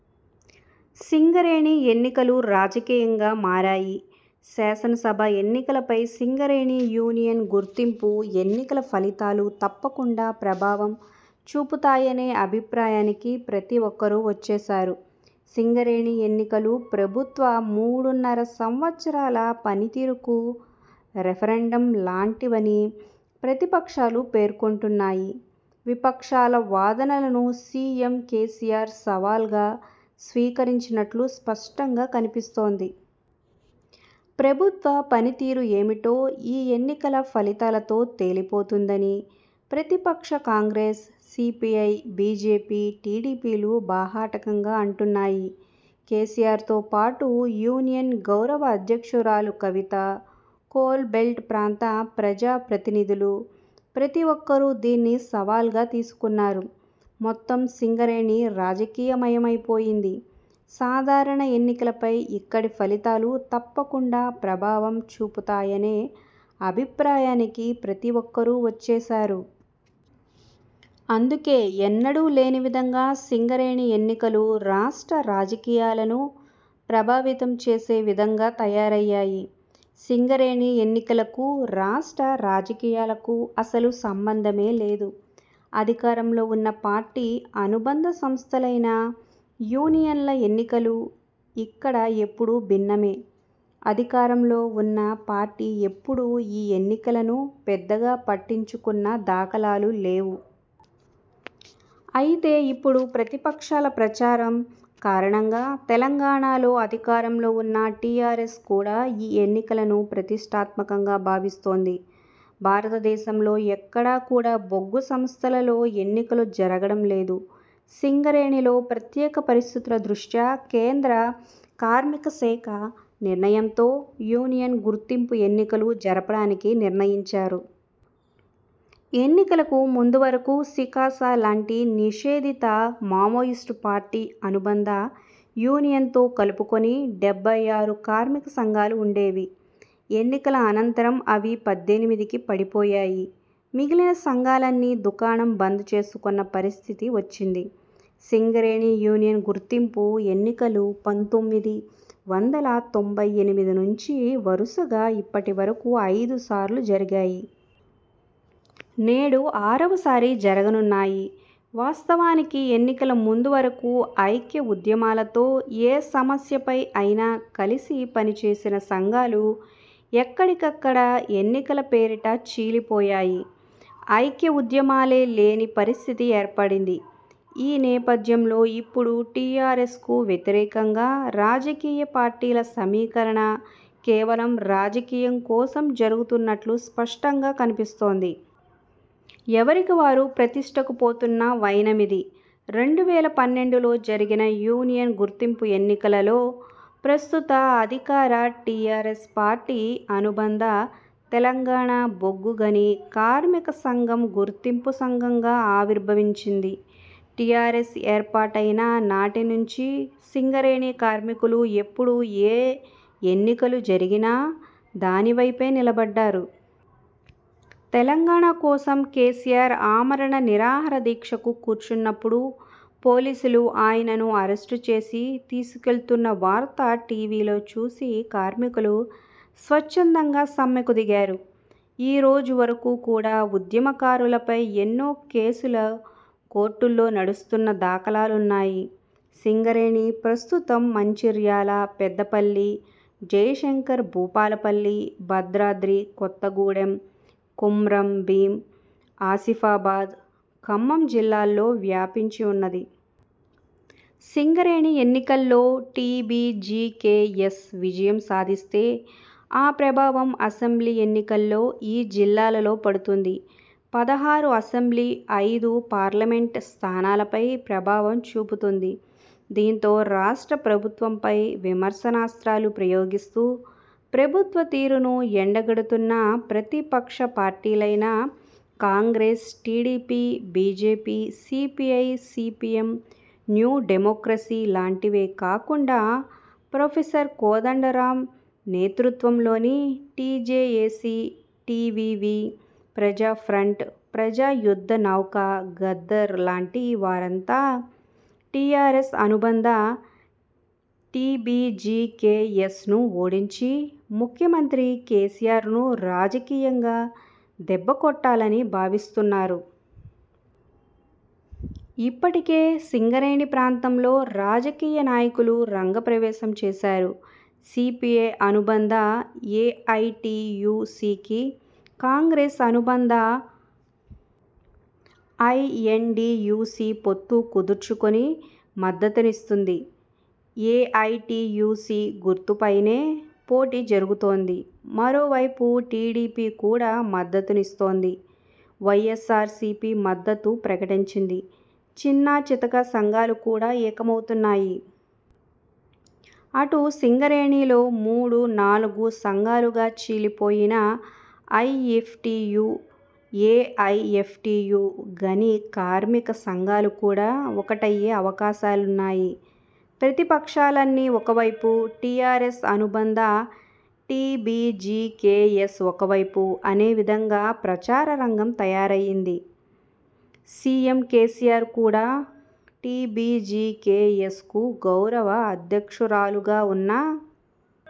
సింగరేణి ఎన్నికలు రాజకీయంగా మారాయి. శాసనసభా ఎన్నికలపై సింగరేణి యూనియన్ గుర్తింపు ఎన్నికల ఫలితాలు తప్పకుండా ప్రభావం చూపుతాయనే అభిప్రాయానికి ప్రతిఒక్కరూ వచ్చేశారు. సింగరేణి ఎన్నికలు ప్రభుత్వ మూడున్నర సంవత్సరాల పనితీరుకు రెఫరెండం లాంటివని ప్రతిపక్షాలు పేర్కొంటున్నాయి. విపక్షాల వాదనలను సీఎం కేసీఆర్ సవాల్‌గా స్వీకరించినట్లు స్పష్టంగా కనిపిస్తోంది. ప్రభుత్వ పనితీరు ఏమిటో ఈ ఎన్నికల ఫలితాలతో తేలిపోతుందని ప్రతిపక్ష కాంగ్రెస్, సీపీఐ, బీజేపీ, టీడీపీలు బాహాటంగా అంటున్నాయి. కేసీఆర్‌తో పాటు యూనియన్ గౌరవ అధ్యక్షురాలు కవిత, కోల్‌బెల్ట్ ప్రాంత ప్రజాప్రతినిధులు ప్రతీ ఒక్కరూ దీన్ని సవాల్‌గా తీసుకున్నారు. మొత్తం సింగరేణి రాజకీయమయమైపోయింది. సాధారణ ఎన్నికలపై ఇక్కడి ఫలితాలు తప్పకుండా ప్రభావం చూపుతాయనే అభిప్రాయానికి ప్రతి ఒక్కరూ వచ్చేశారు. అందుకే ఎన్నడూ లేని విధంగా సింగరేణి ఎన్నికలు రాష్ట్ర రాజకీయాలను ప్రభావితం చేసే విధంగా తయారయ్యాయి. సింగరేణి ఎన్నికలకు రాష్ట్ర రాజకీయాలకు అసలు సంబంధమే లేదు. అధికారంలో ఉన్న పార్టీ అనుబంధ సంస్థలైన యూనియన్ల ఎన్నికలు ఇక్కడ ఎప్పుడూ భిన్నమే. అధికారంలో ఉన్న పార్టీ ఎప్పుడూ ఈ ఎన్నికలను పెద్దగా పట్టించుకున్న దాఖలాలు లేవు. అయితే ఇప్పుడు ప్రతిపక్షాల ప్రచారం కారణంగా తెలంగాణలో అధికారంలో ఉన్న టీఆర్ఎస్ కూడా ఈ ఎన్నికలను ప్రతిష్ఠాత్మకంగా భావిస్తోంది. భారతదేశంలో ఎక్కడా కూడా బొగ్గు సంస్థలలో ఎన్నికలు జరగడం లేదు. సింగరేణిలో ప్రత్యేక పరిస్థితుల దృష్ట్యా కేంద్ర కార్మిక శాఖ నిర్ణయంతో యూనియన్ గుర్తింపు ఎన్నికలు జరపడానికి నిర్ణయించారు. ఎన్నికలకు ముందు వరకు సికాస లాంటి నిషేధిత మావోయిస్టు పార్టీ అనుబంధ యూనియన్‌తో కలుపుకుని డెబ్బై ఆరు కార్మిక సంఘాలు ఉండేవి. ఎన్నికల అనంతరం అవి పద్దెనిమిదికి పడిపోయాయి. మిగిలిన సంఘాలన్నీ దుకాణం బంద్ చేసుకున్న పరిస్థితి వచ్చింది. సింగరేణి యూనియన్ గుర్తింపు ఎన్నికలు పంతొమ్మిది వందల తొంభై ఎనిమిది నుంచి వరుసగా ఇప్పటి వరకు ఐదుసార్లు జరిగాయి. నేడు ఆరవసారి జరుగనున్నాయి. వాస్తవానికి ఎన్నికల ముందు వరకు ఐక్య ఉద్యమాలతో ఏ సమస్యపై అయినా కలిసి పనిచేసిన సంఘాలు ఎక్కడికక్కడ ఎన్నికల పేరిట చీలిపోయాయి. ఐక్య ఉద్యమాలే లేని పరిస్థితి ఏర్పడింది. ఈ నేపథ్యంలో ఇప్పుడు టీఆర్ఎస్‌కు వ్యతిరేకంగా రాజకీయ పార్టీల సమీకరణ కేవలం రాజకీయం కోసం జరుగుతున్నట్లు స్పష్టంగా కనిపిస్తోంది. ఎవరికి వారు ప్రతిష్ఠకు పోతున్న వైనమిది. రెండు వేల పన్నెండులో జరిగిన యూనియన్ గుర్తింపు ఎన్నికలలో ప్రస్తుత అధికార టీఆర్ఎస్ పార్టీ అనుబంధ తెలంగాణ బొగ్గుగని కార్మిక సంఘం గుర్తింపు సంఘంగా ఆవిర్భవించింది. టీఆర్ఎస్ ఏర్పాటయిన నాటి నుంచి సింగరేణి కార్మికులు ఎప్పుడు ఏ ఎన్నికలు జరిగినా దానివైపే నిలబడ్డారు. తెలంగాణ కోసం కేసీఆర్ ఆమరణ నిరాహార దీక్షకు కూర్చున్నపుడు పోలీసులు ఆయనను అరెస్టు చేసి తీసుకెళ్తున్న వార్త టీవీలో చూసి కార్మికులు స్వచ్ఛందంగా సమ్మెకు దిగారు. ఈరోజు వరకు కూడా ఉద్యమకారులపై ఎన్నో కేసులు కోర్టుల్లో నడుస్తున్న దాఖలాలున్నాయి. సింగరేణి ప్రస్తుతం మంచిర్యాల, పెద్దపల్లి, జయశంకర్ భూపాలపల్లి, భద్రాద్రి కొత్తగూడెం, కుమ్రం భీం ఆసిఫాబాద్, ఖమ్మం జిల్లాల్లో వ్యాపించి ఉన్నది. సింగరేణి ఎన్నికల్లో టీబీజీకేఎస్ విజయం సాధిస్తే ఆ ప్రభావం అసెంబ్లీ ఎన్నికల్లో ఈ జిల్లాలలో పడుతుంది. పదహారు అసెంబ్లీ, ఐదు పార్లమెంట్ స్థానాలపై ప్రభావం చూపుతుంది. దీంతో రాష్ట్ర ప్రభుత్వంపై విమర్శనాస్త్రాలు ప్రయోగిస్తూ ప్రభుత్వ తీరును ఎండగడుతున్న ప్రతిపక్ష పార్టీలైన Congress, TDP, BJP, CPI, CPM, New Democracy లాంటివే కాకుండా ప్రొఫెసర్ కోదండరాం నేతృత్వంలోని టీజేఏసీ, టీవీవీ, ప్రజాఫ్రంట్, ప్రజాయుద్ధనౌక గద్దర్ లాంటి వారంతా టీఆర్ఎస్ అనుబంధ టీబీజీకేఎస్‌ను ఓడించి ముఖ్యమంత్రి కేసీఆర్‌ను రాజకీయంగా దెబ్బకొట్టాలని భావిస్తున్నారు. ఇప్పటికే సింగరేణి ప్రాంతంలో రాజకీయ నాయకులు రంగ ప్రవేశం చేశారు. సీపీఐ అనుబంధ ఏఐటీయూసీకి, కాంగ్రెస్ అనుబంధ ఐఎన్టీయూసీ పొత్తు కుదుర్చుకుని మద్దతునిస్తుంది. ఏఐటీయూసీ గుర్తుపైనే పోటీ జరుగుతోంది. మరోవైపు టీడీపీ కూడా మద్దతునిస్తోంది. వైఎస్సార్సీపీ మద్దతు ప్రకటించింది. చిన్నా చితకా సంఘాలు కూడా ఏకమవుతున్నాయి. అటు సింగరేణిలో మూడు, నాలుగు సంఘాలుగా చీలిపోయిన ఐఎఫ్టీయూ, ఏఐఎఫ్టీయూ, గని కార్మిక సంఘాలు కూడా ఒక్కటయ్యే అవకాశాలున్నాయి. ప్రతిపక్షాలన్నీ ఒకవైపు, టీఆర్ఎస్ అనుబంధ టీబీజీకేఎస్ ఒక వైపు అనే విధంగా ప్రచారరంగం తయారయ్యింది. సీఎం కేసీఆర్ కూడా టీబీజీకేఎస్‌కు గౌరవ అధ్యక్షురాలుగా ఉన్న